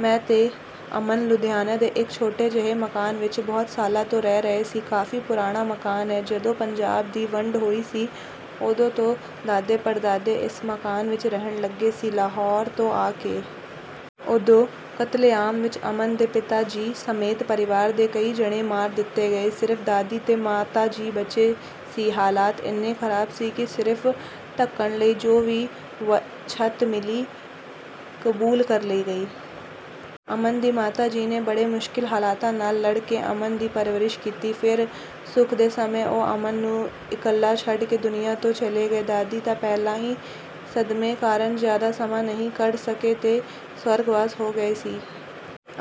ਮੈਂ ਤੇ ਅਮਨ ਲੁਧਿਆਣਾ ਦੇ ਇੱਕ ਛੋਟੇ ਜਿਹੇ ਮਕਾਨ ਵਿੱਚ ਬਹੁਤ ਸਾਲਾਂ ਤੋਂ ਰਹਿ ਰਹੇ ਸੀ। ਕਾਫ਼ੀ ਪੁਰਾਣਾ ਮਕਾਨ ਹੈ। ਜਦੋਂ ਪੰਜਾਬ ਦੀ ਵੰਡ ਹੋਈ ਸੀ, ਉਦੋਂ ਤੋਂ ਦਾਦੇ-ਪੜਦਾਦੇ ਇਸ ਮਕਾਨ ਵਿੱਚ ਰਹਿਣ ਲੱਗੇ ਸੀ, ਲਾਹੌਰ ਤੋਂ ਆ ਕੇ। ਉਦੋਂ ਕਤਲੇਆਮ ਵਿੱਚ ਅਮਨ ਦੇ ਪਿਤਾ ਜੀ ਸਮੇਤ ਪਰਿਵਾਰ ਦੇ ਕਈ ਜਣੇ ਮਾਰ ਦਿੱਤੇ ਗਏ। ਸਿਰਫ਼ ਦਾਦੀ ਤੇ ਮਾਤਾ ਜੀ ਬਚੇ ਸੀ। ਹਾਲਾਤ ਏਨੇ ਖਰਾਬ ਸੀ ਕਿ ਸਿਰ ਢੱਕਣ ਲਈ ਜੋ ਵੀ ਛੱਤ ਮਿਲੀ, ਕਬੂਲ ਕਰ ਲਈ ਗਈ। ਅਮਨ ਦੀ ਮਾਤਾ ਜੀ ਨੇ ਬੜੇ ਮੁਸ਼ਕਿਲ ਹਾਲਾਤਾਂ ਨਾਲ ਲੜ ਕੇ ਅਮਨ ਦੀ ਪਰਵਰਿਸ਼ ਕੀਤੀ। ਫਿਰ, ਸੁੱਖ ਦੇ ਸਮੇਂ ਉਹ ਅਮਨ ਨੂੰ ਇਕੱਲਾ ਛੱਡ ਕੇ ਦੁਨੀਆ ਤੋਂ ਚਲੇ ਗਏ। ਦਾਦੀ ਤਾਂ ਪਹਿਲਾਂ ਹੀ ਸਦਮੇ ਕਾਰਨ ਜ਼ਿਆਦਾ ਸਮਾਂ ਨਹੀਂ ਕੱਢ ਸਕੇ ਤੇ ਸਵਰਗਵਾਸ ਹੋ ਗਏ ਸੀ।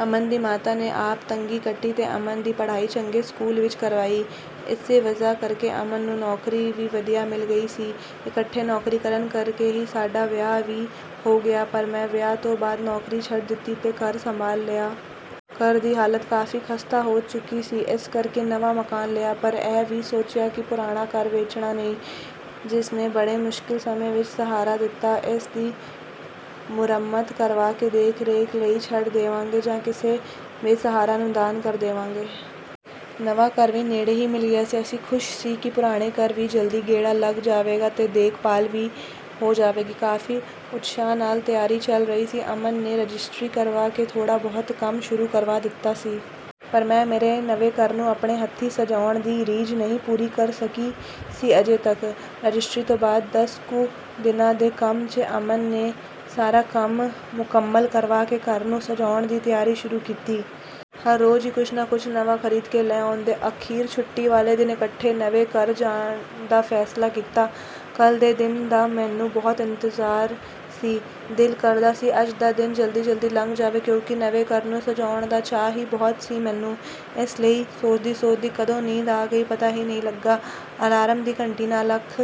ਅਮਨ ਦੀ ਮਾਤਾ ਨੇ ਆਪ ਤੰਗੀ ਕੱਟੀ ਤੇ ਅਮਨ ਦੀ ਪੜ੍ਹਾਈ ਚੰਗੇ ਸਕੂਲ ਵਿੱਚ ਕਰਵਾਈ। ਇਸੇ ਵਜ੍ਹਾ ਕਰਕੇ ਅਮਨ ਨੂੰ ਨੌਕਰੀ ਵੀ ਵਧੀਆ ਮਿਲ ਗਈ ਸੀ। ਇਕੱਠੇ ਨੌਕਰੀ ਕਰਨ ਕਰਕੇ ਹੀ ਸਾਡਾ ਵਿਆਹ ਵੀ ਹੋ ਗਿਆ, ਪਰ ਮੈਂ ਵਿਆਹ ਤੋਂ ਬਾਅਦ ਨੌਕਰੀ ਛੱਡ ਦਿੱਤੀ ਤੇ ਘਰ ਸੰਭਾਲ ਲਿਆ। ਘਰ ਦੀ ਹਾਲਤ ਕਾਫ਼ੀ ਖਸਤਾ ਹੋ ਚੁੱਕੀ ਸੀ। ਇਸ ਕਰਕੇ ਨਵਾਂ ਮਕਾਨ ਲਿਆ। ਪਰ ਇਹ ਵੀ ਸੋਚਿਆ ਕਿ ਪੁਰਾਣਾ ਘਰ ਵੇਚਣਾ ਨਹੀਂ, ਜਿਸ ਨੇ ਬੜੇ ਮੁਸ਼ਕਿਲ ਸਮੇਂ ਵਿੱਚ ਸਹਾਰਾ ਦਿੱਤਾ। ਇਸ ਦੀ ਮੁਰੰਮਤ ਕਰਵਾ ਕੇ ਦੇਖ-ਰੇਖ ਲਈ ਛੱਡ ਦੇਵਾਂਗੇ ਜਾਂ ਕਿਸੇ ਬੇਸਹਾਰਾ ਨੂੰ ਦਾਨ ਕਰ ਦੇਵਾਂਗੇ। ਨਵਾਂ ਘਰ ਵੀ ਨੇੜੇ ਹੀ ਮਿਲ ਗਿਆ ਸੀ। ਅਸੀਂ ਖੁਸ਼ ਸੀ ਕਿ ਪੁਰਾਣੇ ਘਰ ਵੀ ਜਲਦੀ ਗੇੜਾ ਲੱਗ ਜਾਵੇਗਾ ਤੇ ਦੇਖ-ਭਾਲ ਵੀ ਹੋ ਜਾਵੇਗੀ। ਕਾਫ਼ੀ ਉਤਸ਼ਾਹ ਨਾਲ ਤਿਆਰੀ ਚੱਲ ਰਹੀ ਸੀ। ਅਮਨ ਨੇ ਰਜਿਸਟਰੀ ਕਰਵਾ ਕੇ ਥੋੜ੍ਹਾ-ਬਹੁਤ ਕੰਮ ਸ਼ੁਰੂ ਕਰਵਾ ਦਿੱਤਾ ਸੀ। ਪਰ ਮੈਂ ਮੇਰੇ ਨਵੇਂ ਘਰ ਨੂੰ ਆਪਣੇ ਹੱਥੀਂ ਸਜਾਉਣ ਦੀ ਰੀਝ ਨਹੀਂ ਪੂਰੀ ਕਰ ਸਕੀ ਸੀ ਅਜੇ ਤੱਕ...। ਰਜਿਸਟਰੀ ਤੋਂ ਬਾਅਦ ਦਸ ਕੁ ਦਿਨਾਂ ਦੇ ਕੰਮ 'ਚ ਅਮਨ ਨੇ ਸਾਰਾ ਕੰਮ ਮੁਕੰਮਲ ਕਰਵਾ ਕੇ ਘਰ ਨੂੰ ਸਜਾਉਣ ਦੀ ਤਿਆਰੀ ਸ਼ੁਰੂ ਕੀਤੀ। ਹਰ ਰੋਜ਼ ਹੀ ਕੁਝ ਨਾ ਕੁਝ ਨਵਾਂ ਖਰੀਦ ਕੇ ਲੈ ਆਉਂਦੇ। ਅਖੀਰ ਛੁੱਟੀ ਵਾਲੇ ਦਿਨ ਇਕੱਠੇ ਨਵੇਂ ਘਰ ਜਾਣ ਦਾ ਫ਼ੈਸਲਾ ਕੀਤਾ। ਕੱਲ੍ਹ ਦੇ ਦਿਨ ਦਾ ਮੈਨੂੰ ਬਹੁਤ ਇੰਤਜ਼ਾਰ ਸੀ। ਦਿਲ ਕਰਦਾ ਸੀ ਅੱਜ ਦਾ ਦਿਨ ਜਲਦੀ-ਜਲਦੀ ਲੰਘ ਜਾਵੇ, ਕਿਉਂਕਿ ਨਵੇਂ ਘਰ ਨੂੰ ਸਜਾਉਣ ਦਾ ਚਾਅ ਹੀ ਬਹੁਤ ਸੀ ਮੈਨੂੰ, ਇਸ ਲਈ ਸੋਚਦੀ-ਸੋਚਦੀ ਕਦੋਂ ਨੀਂਦ ਆ ਗਈ, ਪਤਾ ਹੀ ਨਹੀਂ ਲੱਗਾ। ਅਲਾਰਮ ਦੀ ਘੰਟੀ ਨਾਲ ਅੱਖ...